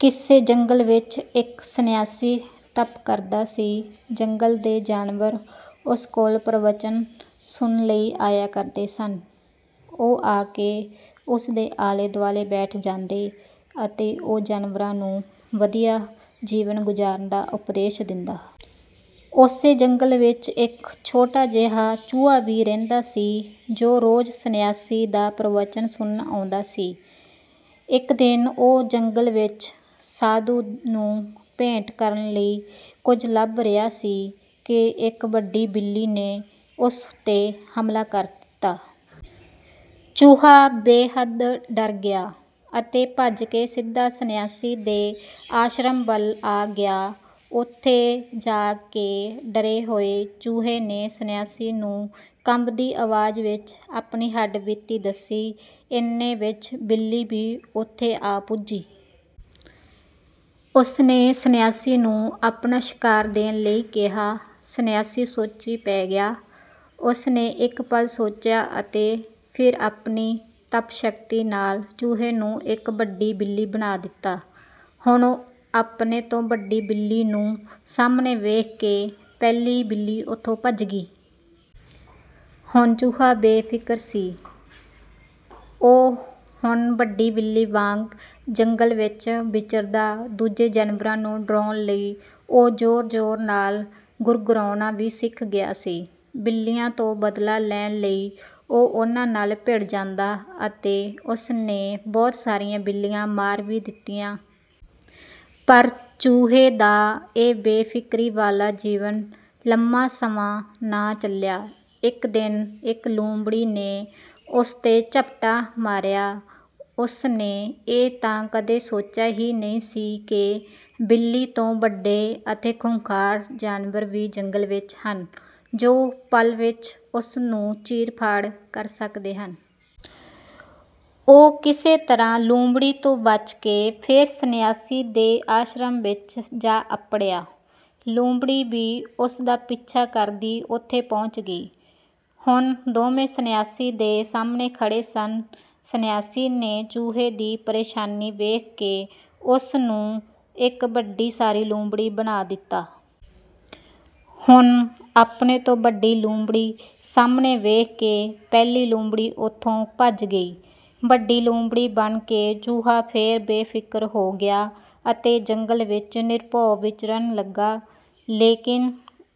ਕਿਸੇ ਜੰਗਲ ਵਿੱਚ ਇੱਕ ਸੰਨਿਆਸੀ ਤਪ ਕਰਦਾ ਸੀ। ਜੰਗਲ ਦੇ ਜਾਨਵਰ ਉਸ ਕੋਲ ਪ੍ਰਵਚਨ ਸੁਣਨ ਲਈ ਆਇਆ ਕਰਦੇ ਸਨ। ਉਹ ਆ ਕੇ ਉਸ ਦੇ ਆਲੇ-ਦੁਆਲੇ ਬੈਠ ਜਾਂਦੇ ਅਤੇ ਉਹ ਜਾਨਵਰਾਂ ਨੂੰ ਵਧੀਆ ਜੀਵਨ ਗੁਜ਼ਾਰਨ ਦਾ ਉਪਦੇਸ਼ ਦਿੰਦਾ। ਉਸੇ ਜੰਗਲ ਵਿੱਚ ਇੱਕ ਛੋਟਾ ਜਿਹਾ ਚੂਹਾ ਵੀ ਰਹਿੰਦਾ ਸੀ, ਜੋ ਰੋਜ਼ ਸੰਨਿਆਸੀ ਦਾ ਪ੍ਰਵਚਨ ਸੁਣਨ ਆਉਂਦਾ ਸੀ। ਇੱਕ ਦਿਨ ਉਹ ਜੰਗਲ ਵਿੱਚ ਸਾਧੂ ਨੂੰ ਭੇਂਟ ਕਰਨ ਲਈ ਕੁਝ ਲੱਭ ਰਿਹਾ ਸੀ ਕਿ ਇੱਕ ਵੱਡੀ ਬਿੱਲੀ ਨੇ ਉਸ 'ਤੇ ਹਮਲਾ ਕਰ ਦਿੱਤਾ। ਚੂਹਾ ਬੇਹੱਦ ਡਰ ਗਿਆ ਅਤੇ ਭੱਜ ਕੇ ਸਿੱਧਾ ਸੰਨਿਆਸੀ ਦੇ ਆਸ਼ਰਮ ਵੱਲ ਆ ਗਿਆ। ਉੱਥੇ ਜਾ ਕੇ ਡਰੇ ਹੋਏ ਚੂਹੇ ਨੇ ਸੰਨਿਆਸੀ ਨੂੰ ਕੰਬਦੀ ਅਵਾਜ਼ ਵਿੱਚ ਆਪਣੀ ਹੱਡ-ਬੀਤੀ ਦੱਸੀ। ਇੰਨੇ ਵਿੱਚ ਬਿੱਲੀ ਵੀ ਉੱਥੇ ਆ ਪੁੱਜੀ। ਉਸ ਨੇ ਸੰਨਿਆਸੀ ਨੂੰ ਆਪਣਾ ਸ਼ਿਕਾਰ ਦੇਣ ਲਈ ਕਿਹਾ। ਸੰਨਿਆਸੀ ਸੋਚੀਂ ਪੈ ਗਿਆ। ਉਸ ਨੇ ਇੱਕ ਪਲ ਸੋਚਿਆ ਅਤੇ ਫਿਰ ਆਪਣੀ ਤਪ-ਸ਼ਕਤੀ ਨਾਲ ਚੂਹੇ ਨੂੰ ਇੱਕ ਵੱਡੀ ਬਿੱਲੀ ਬਣਾ ਦਿੱਤਾ। ਹੁਣ ਆਪਣੇ ਤੋਂ ਵੱਡੀ ਬਿੱਲੀ ਨੂੰ ਸਾਹਮਣੇ ਵੇਖ ਕੇ ਪਹਿਲੀ ਬਿੱਲੀ ਉੱਥੋਂ ਭੱਜ ਗਈ। ਹੁਣ ਚੂਹਾ ਬੇਫ਼ਿਕਰ ਸੀ। ਉਹ ਹੁਣ ਵੱਡੀ ਬਿੱਲੀ ਵਾਂਗ ਜੰਗਲ ਵਿੱਚ ਵਿਚਰਦਾ। ਦੂਜੇ ਜਾਨਵਰਾਂ ਨੂੰ ਡਰਾਉਣ ਲਈ ਉਹ ਜ਼ੋਰ-ਜ਼ੋਰ ਨਾਲ ਗੁਰਰਾਉਣਾ ਵੀ ਸਿੱਖ ਗਿਆ ਸੀ। ਬਿੱਲੀਆਂ ਤੋਂ ਬਦਲਾ ਲੈਣ ਲਈ ਉਹ ਉਹਨਾਂ ਨਾਲ ਭਿੜ ਜਾਂਦਾ ਅਤੇ ਉਸ ਨੇ ਬਹੁਤ ਸਾਰੀਆਂ ਬਿੱਲੀਆਂ ਮਾਰ ਵੀ ਦਿੱਤੀਆਂ। ਪਰ ਚੂਹੇ ਦਾ ਇਹ ਬੇਫ਼ਿਕਰੀ ਵਾਲਾ ਜੀਵਨ ਲੰਮਾ ਸਮਾਂ ਨਾ ਚੱਲਿਆ। ਇੱਕ ਦਿਨ ਇੱਕ ਲੂੰਬੜੀ ਨੇ ਉਸ 'ਤੇ ਝਪੱਟਾ ਮਾਰਿਆ। ਉਸ ਨੇ ਇਹ ਤਾਂ ਕਦੇ ਸੋਚਿਆ ਹੀ ਨਹੀਂ ਸੀ ਕਿ ਬਿੱਲੀ ਤੋਂ ਵੱਡੇ ਅਤੇ ਖੁੰਖਾਰ ਜਾਨਵਰ ਵੀ ਜੰਗਲ ਵਿੱਚ ਹਨ, ਜੋ ਪਲ ਵਿੱਚ ਉਸ ਨੂੰ ਚੀਰ-ਫਾੜ ਸਕਦੇ ਹਨ। ਉਹ ਕਿਸੇ ਤਰ੍ਹਾਂ ਲੂੰਬੜੀ ਤੋਂ ਬਚ ਕੇ ਫਿਰ ਸੰਨਿਆਸੀ ਦੇ ਆਸ਼ਰਮ ਵਿੱਚ ਜਾ ਅੱਪੜਿਆ। ਲੂੰਬੜੀ ਵੀ ਉਸ ਦਾ ਪਿੱਛਾ ਕਰਦੀ ਉੱਥੇ ਪਹੁੰਚ ਗਈ। ਹੁਣ ਦੋਵੇਂ ਸੰਨਿਆਸੀ ਦੇ ਸਾਹਮਣੇ ਖੜ੍ਹੇ ਸਨ। ਸੰਨਿਆਸੀ ਨੇ ਚੂਹੇ ਦੀ ਪਰੇਸ਼ਾਨੀ ਵੇਖ ਕੇ ਉਸ ਨੂੰ ਇੱਕ ਵੱਡੀ ਸਾਰੀ ਲੂੰਬੜੀ ਬਣਾ ਦਿੱਤਾ। ਹੁਣ ਆਪਣੇ ਤੋਂ ਵੱਡੀ ਲੂੰਬੜੀ ਸਾਹਮਣੇ ਵੇਖ ਕੇ ਪਹਿਲੀ ਲੂੰਬੜੀ ਉੱਥੋਂ ਭੱਜ ਗਈ। ਵੱਡੀ ਲੂੰਬੜੀ ਬਣ ਕੇ ਚੂਹਾ ਫਿਰ ਬੇਫ਼ਿਕਰ ਹੋ ਗਿਆ ਅਤੇ ਜੰਗਲ ਵਿੱਚ ਨਿਰਭਉ ਵਿਚਰਨ ਲੱਗਾ। ਲੇਕਿਨ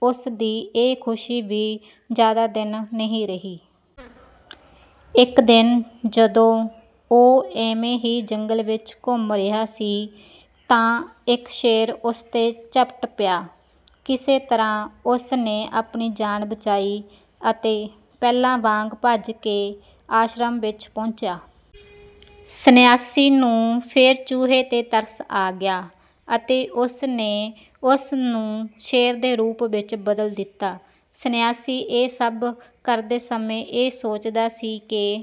ਉਸ ਦੀ ਇਹ ਖ਼ੁਸ਼ੀ ਵੀ ਜ਼ਿਆਦਾ ਦਿਨ ਨਹੀਂ ਰਹੀ। ਇੱਕ ਦਿਨ ਜਦੋਂ ਉਹ ਇਵੇਂ ਹੀ ਜੰਗਲ ਵਿੱਚ ਘੁੰਮ ਰਿਹਾ ਸੀ ਤਾਂ ਇੱਕ ਸ਼ੇਰ ਉਸ 'ਤੇ ਝਪਟ ਪਿਆ। ਕਿਸੇ ਤਰ੍ਹਾਂ ਉਸ ਨੇ ਆਪਣੀ ਜਾਨ ਬਚਾਈ ਅਤੇ ਪਹਿਲਾਂ ਵਾਂਗ ਭੱਜ ਕੇ ਆਸ਼ਰਮ ਵਿੱਚ ਪਹੁੰਚਿਆ। ਸੰਨਿਆਸੀ ਨੂੰ ਫਿਰ ਚੂਹੇ 'ਤੇ ਤਰਸ ਆ ਗਿਆ ਅਤੇ ਉਸ ਨੇ ਉਸ ਨੂੰ ਸ਼ੇਰ ਦੇ ਰੂਪ ਵਿੱਚ ਬਦਲ ਦਿੱਤਾ। ਸੰਨਿਆਸੀ ਇਹ ਸਭ ਕਰਦੇ ਸਮੇਂ ਇਹ ਸੋਚਦਾ ਸੀ ਕਿ